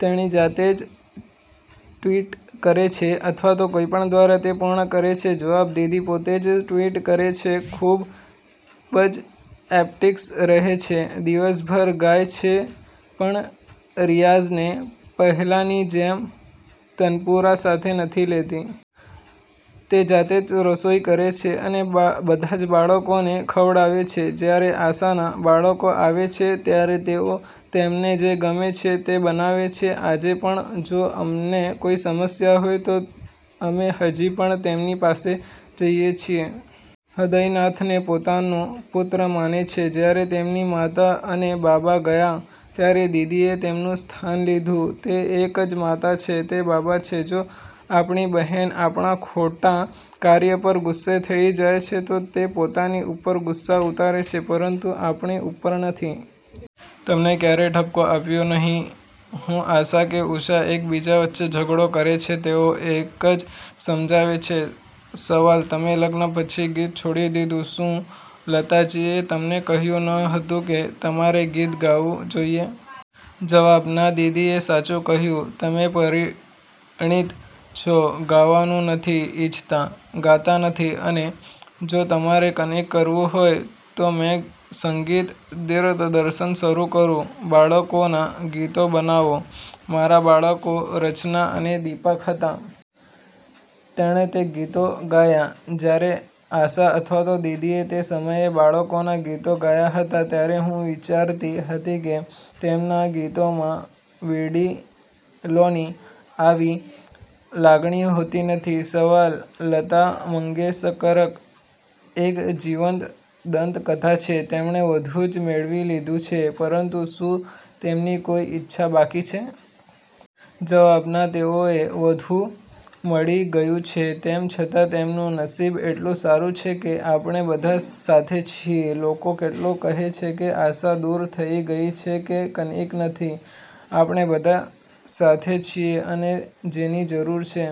તેણી જાતે જ ટ્વિટ કરે છે અથવા કોઈના દ્વારા તે પૂર્ણ કરે છે? જવાબ: દીદી પોતે જ ટ્વીટ્સ કરે છે, ખૂબ જ એક્ટિવ રહે છે, દિવસભર ગાય છે પણ રિયાઝને પહેલાંની જેમ તનપુરા સાથે નથી લેતી. તે જાતે રસોઇ કરે છે અને બધા બાળકોને ખવડાવે છે. જ્યારે આશાના બાળકો આવે છે, ત્યારે તેઓ તેમને જે ગમે છે તે બનાવે છે. આજે પણ, જો અમને કોઈ સમસ્યા હોય, તો અમે હજી પણ તેમની પાસે જઇએ છીએ. હદયનાથને પોતાનો પુત્ર માને છે, જ્યારે તેની માતા અને બાબા ગયા, ત્યારે દીદીએ તેનું સ્થાન લીધું. તે એક જ માતા છે, તે બાબા છે. જો આપણી બહેન આપણા ખોટા કાર્યો પર ગુસ્સે થઈ જાય છે, તો તે પોતાની ઉપર ગુસ્સો ઉતારે છે પરંતુ આપણી ઉપર નહીં. અમને ક્યારેય ઠપકો આપ્યો નહીં. હું, આશા કે ઉષા એક બીજા વચ્ચે ઝઘડો કરે છે, તેઓ એક જ સમજાવે છે.. સવાલ: તમે લગ્ન પછી ગીત છોડી દીધું, શું લતાજીએ તમને કહ્યું ન હતું કે તમારે ગીત ગાવું જોઈએ? જવાબ: ના, દીદીએ સાચું કહ્યું, તમે પરિણીત છો, ગાવાનું નથી ઇચ્છતા, ગાતા નથી અને જો તમારે કંઇક કરવું હોય તો. મેં સંગીત દિગ્દર્શન શરૂ કર્યું. બાળકોનાં ગીતો બનાવો. મારા બાળકો રચના અને દિપક હતા. તેણે તે ગીતો ગાયાં. જ્યારે આશા અથવા દીદી તે સમયે બાળકોના ગીતો ગાતા હતા, ત્યારે હું વિચારતી હતી કે, તેમના ગીતોમાં વડીલોની આવી લાગણી હોતી નથી.. સવાલ: લતા મંગેશકર એક જીવંત દંતકથા છે, તેણે બધું જ મેળવી લીધું છે, પરંતુ શું તેની કોઈ ઇચ્છા બાકી છે? જવાબ: ના, તેઓને બધું મળી ગયું છે, તેમ છતાં તેમનું નસીબ એટલું સારું છે કે આપણે બધા સાથે છીએ. લોકો કેટલું કહે છે કે આશા દૂર થઈ ગઈ છે કંઈ નથી આપણે બધા સાથે છીએ અને જેની જરૂર છે.